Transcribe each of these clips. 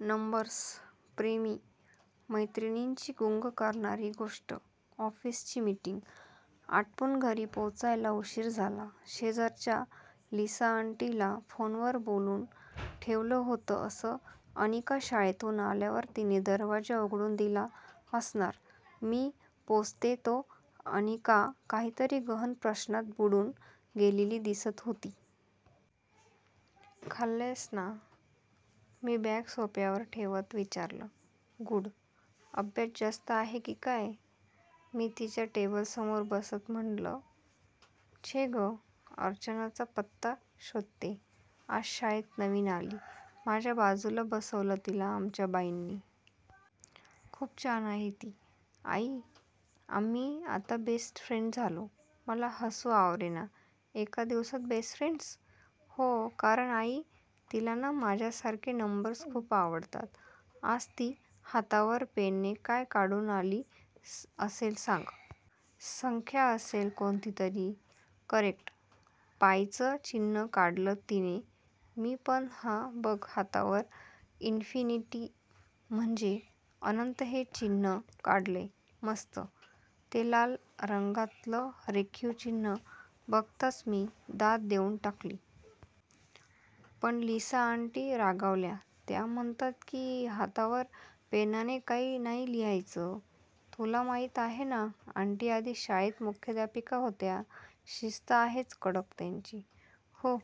'Numbers' प्रेमी मैत्रिणींची गुंग करणारी गोष्ट! ऑफिसची मीटिंग आटपून घरी पोचायला उशीर झाला. शेजारच्या लिसाआंटीला फोनवर बोलून ठेवलं होतं तसं. अनिका शाळेतून आल्यावर तिने दरवाजा उघडून दिला असणार. मी पोचते तो अनिका काहीतरी गहन प्रश्नात बुडून गेलेली दिसत होती. "खाल्लंयस ना? " मी बॅग सोफ्यावर ठेवत विचारलं. "गुड. अभ्यास जास्त आहे की काय? " मी तिच्या टेबलासमोर बसत म्हटलं. "छे गं! अर्चनाचा पत्ता शोधत्येय! " "आज शाळेत नवीन आली. माझ्या बाजूला बसवलं तिला आमच्या बाईंनी. खूप छान आहे ती, आई. आम्ही आता बेस्ट फ्रेंडस झालो! " मला हसू आवरेना. "एका दिवसात बेस्ट फ्रेंडस? " "हो. कारण आई, तिला ना माझ्यासारखे नंबर्स खूप आवडतात. आज ती हातावर पेनने काय काढून आली असेल सांग? "संख्या असेल कोणती तरी! " "करेक्ट! पायचं चिन्ह काढलं तिने. मी पण हा बघ हातावर इन्फीनिटी म्हणजे अनंत हे चिन्ह काढलंय. " "मस्त! " ते लाल रंगातलं रेखीव चिन्ह बघताच मी दाद देऊन टाकली. "पण लिसाआंटी रागावल्या. त्या म्हणतात की, हातावर पेनाने काही नाही लिहायचं. " "तुला माहीत आहे ना, आंटी आधी शाळेत मुख्याध्यापिका होत्या. शिस्त आहेच कडक त्यांची. " "हूं.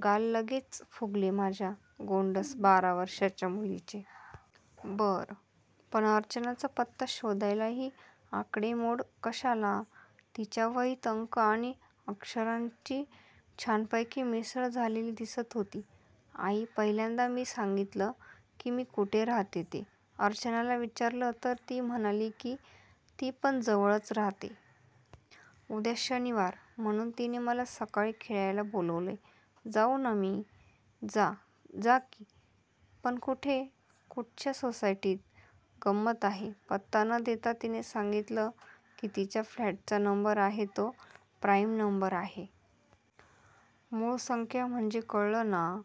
" गाल लगेच फुगले माझ्या गोंडस बारा वर्षांच्या मुलीचे. "बरं, पण अर्चनाचा पत्ता शोधायला ही आकडेमोड कशाला? " तिच्या वहीत अंक आणि अक्षरांची छानपैकी मिसळ झालेली दिसत होती. "आई, पहिल्यांदा मी सांगितलं की मी कुठे राहते ते. अर्चनाला विचारलं, तर म्हणाली की ती पण जवळच राहते. उद्या शनिवार म्हणून तिने मला सकाळी खेळायला बोलावलंय. जाऊ ना मी? " "जा की. पण कुठे? कुठच्या सोसायटीत? " "गंमत आहे. पत्ता न देता तिने सांगितलं की तिच्या फ्लॅटचा नंबर आहे तो प्राइम नंबर आहे. मूळ संख्या. म्हणजे कळलं ना?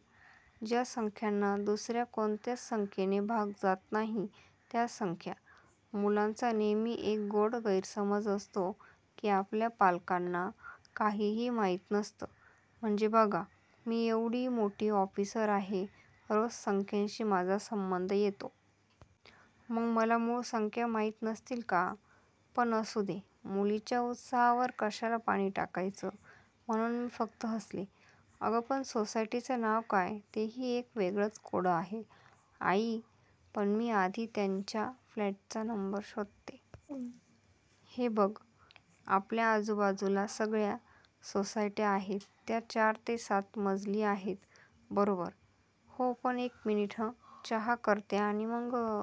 ज्या संख्यांना दुसर्या कोणत्याच संख्येने भाग जात नाही त्या संख्या. " मुलांचा नेहमी एक गोड गैरसमज असतो की आपल्या पालकांना काहीही माहीत नसतं. म्हणजे बघा, मी एवढी मोठी ऑफिसर आहे, रोज संख्यांशी माझा संबंध येतो. मग मला मूळ संख्या माहीत नसतील का? पण असू दे. मुलीच्या उत्साहावर कशाला पाणी टाकायचं, म्हणून मी फक्त हसले. "अगं, पण सोसायटीचं नाव काय? " "तेही एक वेगळंच कोडं आहे, आई. पण मी आधी त्यांच्या फ्लॅटचा नंबर शोधत्येय. हे बघ आपल्या आजूबाजूला सगळया सोसायट्या आहेत त्या चार ते सात मजली आहेत. बरोबर? " "हो, पण एक मिनिट हं. चहा करते, आणि मग